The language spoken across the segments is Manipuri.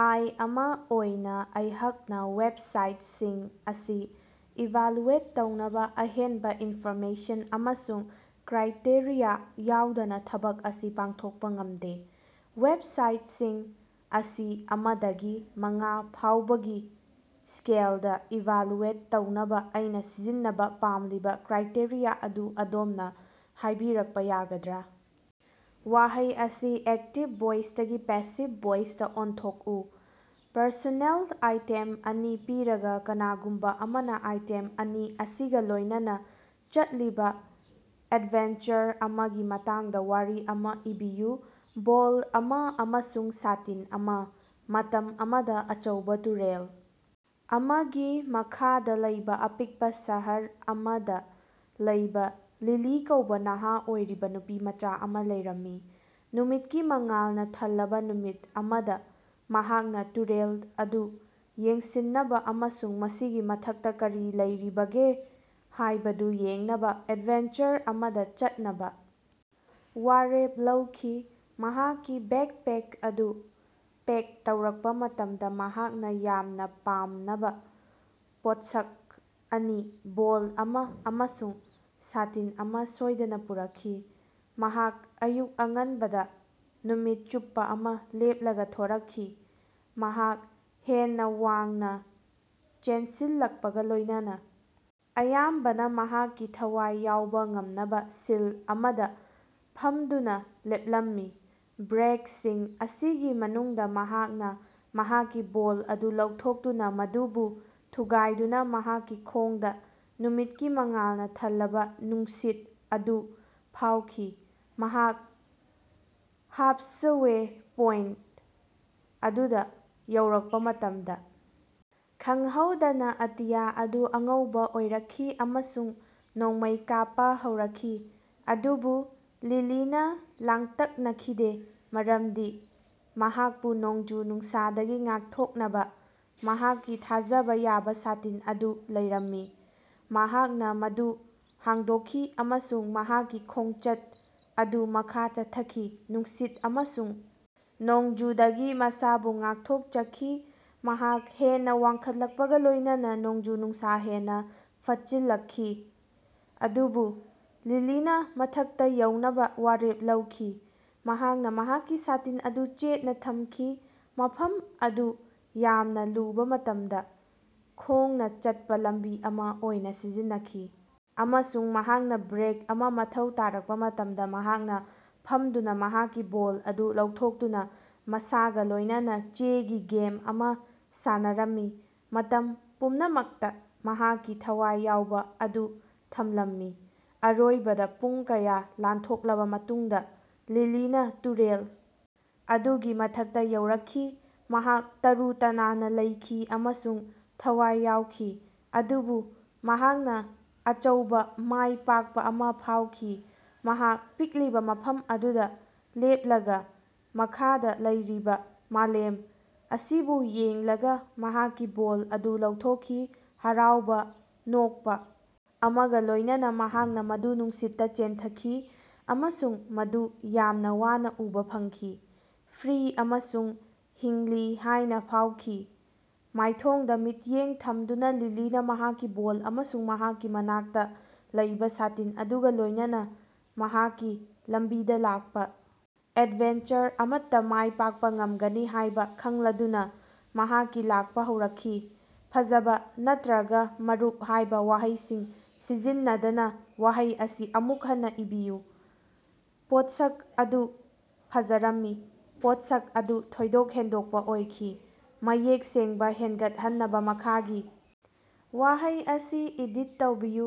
ꯑꯥꯏ. ꯑꯃ ꯑꯣꯏꯅ ꯑꯩꯍꯛꯅ ꯋꯦꯕꯁꯥꯏꯠꯁꯤꯡ ꯑꯁꯤ ꯏꯚꯥꯂꯨꯑꯦꯠ ꯇꯧꯅꯕ ꯑꯍꯦꯟꯕ ꯏꯟꯐꯣꯔꯃꯦꯁꯟ ꯑꯃꯁꯨꯡ ꯀ꯭ꯔꯥꯏꯇꯦꯔꯤꯌꯥ ꯌꯥꯎꯗꯅ ꯊꯕꯛ ꯑꯁꯤ ꯄꯥꯡꯊꯣꯛꯄ ꯉꯝꯗꯦ꯫ ꯋꯦꯕꯁꯥꯏꯠꯁꯤꯡ ꯑꯁꯤ ꯑꯃ ꯗꯒꯤ ꯃꯉꯥ ꯐꯥꯎꯕꯒꯤ ꯁ꯭ꯀꯦꯜꯗꯥ ꯏꯚꯥꯂꯨꯑꯦꯠ ꯇꯧꯅꯕꯥ ꯑꯩꯅ ꯁꯤꯖꯤꯟꯅꯕꯥ ꯄꯥꯝꯂꯤꯕ ꯀ꯭ꯔꯥꯏꯇꯦꯔꯤꯌꯥ ꯑꯗꯨ ꯑꯗꯣꯝꯅꯥ ꯍꯥꯏꯕꯤꯔꯛꯄ ꯌꯥꯒꯗ꯭ꯔ? ꯋꯥꯍꯩ ꯑꯁꯤ ꯑꯦꯛꯇꯤꯕ ꯚꯣꯏꯁꯇꯒꯤ ꯄꯦꯁꯤꯕ ꯚꯣꯏꯁꯇꯥ ꯑꯣꯟꯊꯣꯀꯎ. ꯄꯔꯁꯣꯅꯦꯜ ꯑꯥꯏꯇꯦꯝ ꯑꯅꯤ ꯄꯤꯔꯒꯥ, ꯀꯅꯥꯒꯨꯝꯕꯥ ꯑꯃꯅꯥ ꯑꯥꯏꯇꯦꯝ ꯑꯅꯤ ꯑꯁꯤꯒꯥ ꯂꯣꯏꯅꯅꯥ ꯆꯠꯂꯤꯕꯥ ꯑꯦꯗꯚꯦꯟꯆꯔ ꯑꯃꯒꯤ ꯃꯇꯥꯡꯗ ꯋꯥꯔꯤ ꯑꯃꯥ ꯏꯕꯤꯌꯨ꯫ ꯕꯣꯜ ꯑꯃ ꯑꯃꯁꯨꯡ ꯁꯥꯇꯤꯟ ꯑꯃ꯫ ꯃꯇꯝ ꯑꯃꯗ ꯑꯆꯧꯕ ꯇꯨꯔꯦꯜ ꯑꯃꯒꯤ ꯃꯈꯥꯗ ꯂꯩꯕ ꯑꯄꯤꯛꯄ ꯁꯍꯔ ꯑꯃꯗ ꯂꯩꯕ ꯂꯤꯂꯤ ꯀꯧꯕ ꯅꯍꯥ ꯑꯣꯏꯔꯤꯕ ꯅꯨꯄꯤꯃꯆꯥ ꯑꯃꯥ ꯂꯩꯔꯝꯃꯤ꯫ ꯅꯨꯃꯤꯠꯀꯤ ꯃꯉꯥꯜꯅ ꯊꯜꯂꯕ ꯅꯨꯃꯤꯠ ꯑꯃꯗ ꯃꯍꯥꯛꯅ ꯇꯨꯔꯦꯜ ꯑꯗꯨ ꯌꯦꯡꯁꯤꯟꯅꯕ ꯑꯃꯁꯨꯡ ꯃꯁꯤꯒꯤ ꯃꯊꯛꯇ ꯀꯔꯤ ꯂꯩꯔꯤꯕꯒꯦ ꯍꯥꯏꯕꯗꯨ ꯌꯦꯡꯅꯕ ꯑꯦꯗꯚꯦꯟꯆꯔ ꯑꯃꯗ ꯆꯠꯅꯕ ꯋꯥꯔꯦꯞ ꯂꯧꯈꯤ꯫ ꯃꯍꯥꯛꯀꯤ ꯕꯦꯛꯄꯦꯛ ꯑꯗꯨ ꯄꯦꯛ ꯇꯧꯔꯛꯄꯥ ꯃꯇꯝꯗꯥ ꯃꯍꯥꯛꯅ ꯌꯥꯝꯅ ꯄꯥꯝꯅꯕ ꯄꯣꯠꯁꯛ ꯑꯅꯤ, ꯕꯣꯜ ꯑꯃ ꯑꯃꯁꯨꯡ ꯁꯥꯇꯤꯟ ꯑꯃ ꯁꯣꯏꯗꯅꯥ ꯄꯨꯔꯛꯈꯤ꯫ ꯃꯍꯥꯛ ꯑꯌꯨꯛ ꯑꯉꯟꯕꯗ ꯅꯨꯃꯤꯠ ꯆꯨꯞꯄꯥ ꯑꯃ ꯂꯦꯞꯂꯒ ꯊꯣꯔꯛꯈꯤ꯫ ꯃꯍꯥꯛ ꯍꯦꯟꯅ ꯋꯥꯡꯅ ꯆꯦꯟꯁꯤꯜꯂꯛꯄꯒꯥ ꯂꯣꯏꯅꯅꯥ ꯑꯌꯥꯝꯕꯅꯥ ꯃꯍꯥꯛꯀꯤ ꯊꯋꯥꯏ ꯌꯥꯎꯕ ꯉꯝꯅꯕꯥ ꯁꯤꯜ ꯑꯃꯗ ꯐꯃꯗꯨꯅ ꯂꯦꯞꯂꯝꯃꯤ꯫ ꯕ꯭ꯔꯦꯛꯁꯤꯡ ꯑꯁꯤꯒꯤ ꯃꯅꯨꯡꯗꯥ ꯃꯍꯥꯛꯅ ꯃꯍꯥꯛꯀꯤ ꯕꯣꯜ ꯑꯗꯨ ꯂꯧꯊꯣꯛꯇꯨꯅꯥ ꯃꯗꯨꯕꯨ ꯊꯨꯒꯥꯏꯗꯨꯅ ꯃꯍꯥꯛꯀꯤ ꯈꯣꯡꯗ ꯅꯨꯃꯤꯠꯀꯤ ꯃꯉꯥꯜꯅꯥ ꯊꯜꯂꯕꯥ ꯅꯨꯡꯁꯤꯠ ꯑꯗꯨ ꯐꯥꯎꯈꯤ꯫ ꯃꯍꯥꯛ ꯍꯥꯞꯁꯋꯦ ꯄꯣꯏꯟꯇ ꯑꯗꯨꯗ ꯌꯧꯔꯛꯄꯥ ꯃꯇꯝꯗ ꯈꯪꯍꯧꯗꯅ ꯑꯇꯤꯌꯥ ꯑꯗꯨ ꯑꯉꯧꯕ ꯑꯣꯏꯔꯛꯈꯤ ꯑꯃꯁꯨꯡ ꯅꯣꯡꯃꯩ ꯀꯥꯞꯄ ꯍꯧꯔꯛꯈꯤ꯫ ꯑꯗꯨꯕꯨ ꯂꯤꯂꯤꯅ ꯂꯥꯡꯇꯛꯅꯈꯤꯗꯦ, ꯃꯔꯝꯗꯤ ꯃꯍꯥꯛꯄꯨ ꯅꯣꯡꯖꯨ-ꯅꯨꯡꯁꯥꯗꯒꯤ ꯉꯥꯛꯊꯣꯛꯅꯕ ꯃꯍꯥꯛꯀꯤ ꯊꯥꯖꯕ ꯌꯥꯕ ꯁꯥꯇꯤꯟ ꯑꯗꯨ ꯂꯩꯔꯝꯃꯤ꯫ ꯃꯍꯥꯛꯅ ꯃꯗꯨ ꯍꯥꯡꯗꯣꯛꯈꯤ ꯑꯃꯁꯨꯡ ꯃꯍꯥꯛꯀꯤ ꯈꯣꯉꯆꯠ ꯑꯗꯨ ꯃꯈꯥ ꯆꯠꯊꯈꯤ, ꯅꯨꯡꯁꯤꯠ ꯑꯃꯁꯨꯡ ꯅꯣꯡꯖꯨꯗꯒꯤ ꯃꯁꯥꯕꯨ ꯉꯥꯛꯊꯣꯛꯆꯈꯤ꯫ ꯃꯍꯥꯛ ꯍꯦꯟꯅ ꯋꯥꯡꯈꯠꯂꯛꯄꯒ ꯂꯣꯏꯅꯅꯥ ꯅꯣꯡꯖꯨ-ꯅꯨꯡꯁꯥ ꯍꯦꯟꯅꯥ ꯐꯠꯆꯤꯜꯂꯛꯈꯤ꯫ ꯑꯗꯨꯕꯨ ꯂꯤꯂꯤꯅ ꯃꯊꯛꯇꯥ ꯌꯧꯅꯕ ꯋꯥꯔꯦꯞ ꯂꯧꯈꯤ꯫ ꯃꯍꯥꯛꯅ ꯃꯍꯥꯛꯀꯤ ꯁꯥꯇꯤꯟ ꯑꯗꯨ ꯆꯦꯠꯅꯥ ꯊꯝꯈꯤ, ꯃꯐꯝ ꯑꯗꯨ ꯌꯥꯝꯅ ꯂꯨꯕ ꯃꯇꯝꯗ ꯈꯣꯡꯅ ꯆꯠꯄ ꯂꯝꯕꯤ ꯑꯃ ꯑꯣꯏꯅ ꯁꯤꯖꯤꯟꯅꯈꯤ꯫ ꯑꯃꯁꯨꯡ ꯃꯍꯥꯛꯅ ꯕ꯭ꯔꯦꯛ ꯑꯃ ꯃꯊꯧ ꯇꯥꯔꯛꯄ ꯃꯇꯝꯗ ꯃꯍꯥꯛꯅ ꯐꯝꯗꯨꯅ ꯃꯍꯥꯛꯀꯤ ꯕꯣꯜ ꯑꯗꯨ ꯂꯧꯊꯣꯛꯇꯨꯅ ꯃꯁꯥꯒ ꯂꯣꯏꯅꯅꯥ ꯆꯦꯒꯤ ꯒꯦꯝ ꯑꯃꯥ ꯁꯥꯟꯅꯔꯝꯃꯤ, ꯃꯇꯝ ꯄꯨꯝꯅꯃꯛꯇ ꯃꯍꯥꯛꯀꯤ ꯊꯋꯥꯏ ꯌꯥꯎꯕ ꯑꯗꯨ ꯊꯝꯂꯝꯃꯤ꯫ ꯑꯔꯣꯏꯕꯗ ꯄꯨꯡ ꯀꯌꯥ ꯂꯥꯟꯊꯣꯛꯂꯕ ꯃꯇꯨꯡꯗ ꯂꯤꯂꯤꯅ ꯇꯨꯔꯦꯜ ꯑꯗꯨꯒꯤ ꯃꯊꯛꯇ ꯌꯧꯔꯛꯈꯤ꯫ ꯃꯍꯥꯛ ꯇꯔꯨ ꯇꯅꯥꯟꯅ ꯂꯩꯈꯤ ꯑꯃꯁꯨꯡ ꯊꯋꯥꯏ ꯌꯥꯎꯈꯤ, ꯑꯗꯨꯕꯨ ꯃꯍꯥꯛꯅ ꯑꯆꯧꯕ ꯃꯥꯏ ꯄꯥꯛꯄ ꯑꯃ ꯐꯥꯎꯈꯤ꯫ ꯃꯍꯥꯛ ꯄꯤꯛꯂꯤꯕ ꯃꯐꯝ ꯑꯗꯨꯗ ꯂꯦꯞꯂꯒ ꯃꯈꯗ ꯂꯩꯔꯤꯕ ꯃꯂꯦꯝ ꯑꯁꯤꯕꯨ ꯌꯦꯡꯂꯒ ꯃꯍꯥꯛꯀꯤ ꯕꯣꯜ ꯑꯗꯨ ꯂꯧꯊꯣꯛꯈꯤ꯫ ꯍꯔꯥꯎꯕ ꯅꯣꯛꯄꯥ ꯑꯃꯒ ꯂꯣꯏꯅꯅꯥ ꯃꯍꯥꯛꯅ ꯃꯗꯨ ꯅꯨꯡꯁꯤꯠꯇ ꯆꯦꯟꯊꯈꯤ ꯑꯃꯁꯨꯡ ꯃꯗꯨ ꯌꯥꯝꯅ ꯋꯥꯅ ꯎꯕꯥ ꯐꯪꯈꯤ, ꯐ꯭ꯔꯤ ꯑꯃꯁꯨꯡ ꯍꯤꯡꯂꯤ ꯍꯥꯏꯅ ꯐꯥꯎꯈꯤ꯫ ꯃꯥꯏꯊꯣꯡꯗ ꯃꯤꯠꯌꯦꯡ ꯊꯝꯗꯨꯅ ꯂꯤꯂꯤꯅ ꯃꯍꯥꯛꯀꯤ ꯕꯣꯜ ꯑꯃꯁꯨꯡ ꯃꯍꯥꯛꯀꯤ ꯃꯅꯥꯛꯇ ꯂꯩꯕ ꯁꯥꯇꯤꯟ ꯑꯗꯨꯒ ꯂꯣꯏꯅꯅꯥ ꯃꯍꯥꯛꯀꯤ ꯂꯝꯕꯤꯗ ꯂꯥꯛꯄ ꯑꯦꯗꯚꯦꯟꯆꯔ ꯑꯃꯠꯇ ꯃꯥꯏ ꯄꯥꯛꯄ ꯉꯝꯒꯅꯤ ꯍꯥꯏꯕ ꯈꯪꯂꯗꯨꯅ ꯃꯍꯥꯛꯀꯤ ꯂꯥꯛꯄ ꯍꯧꯔꯛꯈꯤ꯫ "ꯐꯖꯕꯥ" ꯅꯠꯔꯒꯥ "ꯃꯔꯨꯞ" ꯍꯥꯏꯕ ꯋꯥꯍꯩꯁꯤꯡ ꯁꯤꯖꯤꯟꯅꯗꯅ ꯋꯥꯍꯩ ꯑꯁꯤ ꯑꯃꯨꯛ ꯍꯟꯅ ꯏꯕꯤꯌꯨ꯫ ꯄꯣꯠꯁꯛ ꯑꯗꯨ ꯐꯖꯔꯝꯃꯤ꯫ ꯄꯣꯠꯁꯛ ꯑꯗꯨ ꯊꯣꯏꯗꯣꯛ ꯍꯦꯟꯗꯣꯛꯄ ꯑꯣꯏꯈꯤ꯫ ꯃꯌꯦꯛ ꯁꯦꯡꯕꯥ ꯍꯦꯒꯠꯍꯟꯅꯕ ꯃꯈꯥꯒꯤ ꯋꯥꯍꯩ ꯑꯁꯤ ꯏꯗꯤꯠ ꯇꯧꯕꯤꯌꯨ: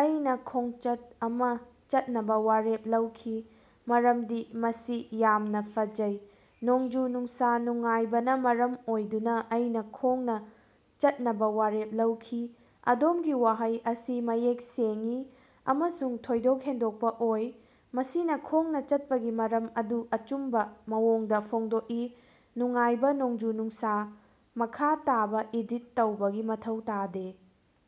ꯑꯩꯅꯥ ꯈꯣꯡꯆꯠ ꯑꯃ ꯆꯠꯅꯕ ꯋꯥꯔꯦꯞ ꯂꯧꯈꯤ ꯃꯔꯝꯗꯤ ꯃꯁꯤ ꯌꯥꯝꯅ ꯐꯖꯩ꯫ ꯅꯣꯡꯖꯨ-ꯅꯨꯡꯁꯥ ꯅꯨꯡꯉꯥꯏꯕꯅ ꯃꯔꯝ ꯑꯣꯏꯗꯨꯅ ꯑꯩꯅ ꯈꯣꯉꯅ ꯆꯠꯅꯕ ꯋꯥꯔꯦꯞ ꯂꯧꯈꯤ꯫ ꯑꯗꯣꯝꯒꯤ ꯋꯥꯍꯩ ꯑꯁꯤ ꯃꯌꯦꯛ ꯁꯦꯡꯏ ꯑꯃꯁꯨꯡ ꯊꯣꯏꯗꯣꯛ ꯍꯦꯟꯗꯣꯛꯄ ꯑꯣꯏ꯫ ꯃꯁꯤꯅ ꯈꯣꯡꯅ ꯆꯠꯄꯒꯤ ꯃꯔꯝ ꯑꯗꯨ ꯑꯆꯨꯝꯕ ꯃꯑꯣꯡꯗ ꯐꯣꯡꯗꯣꯛꯏ ꯅꯨꯡꯉꯥꯏꯕ ꯅꯣꯡꯖꯨ-ꯅꯨꯡꯁꯥ꯫ ꯃꯈꯥ ꯇꯥꯕ ꯏꯗꯤꯠ ꯇꯧꯕꯒꯤ ꯃꯊꯧ ꯇꯥꯗꯦ꯫।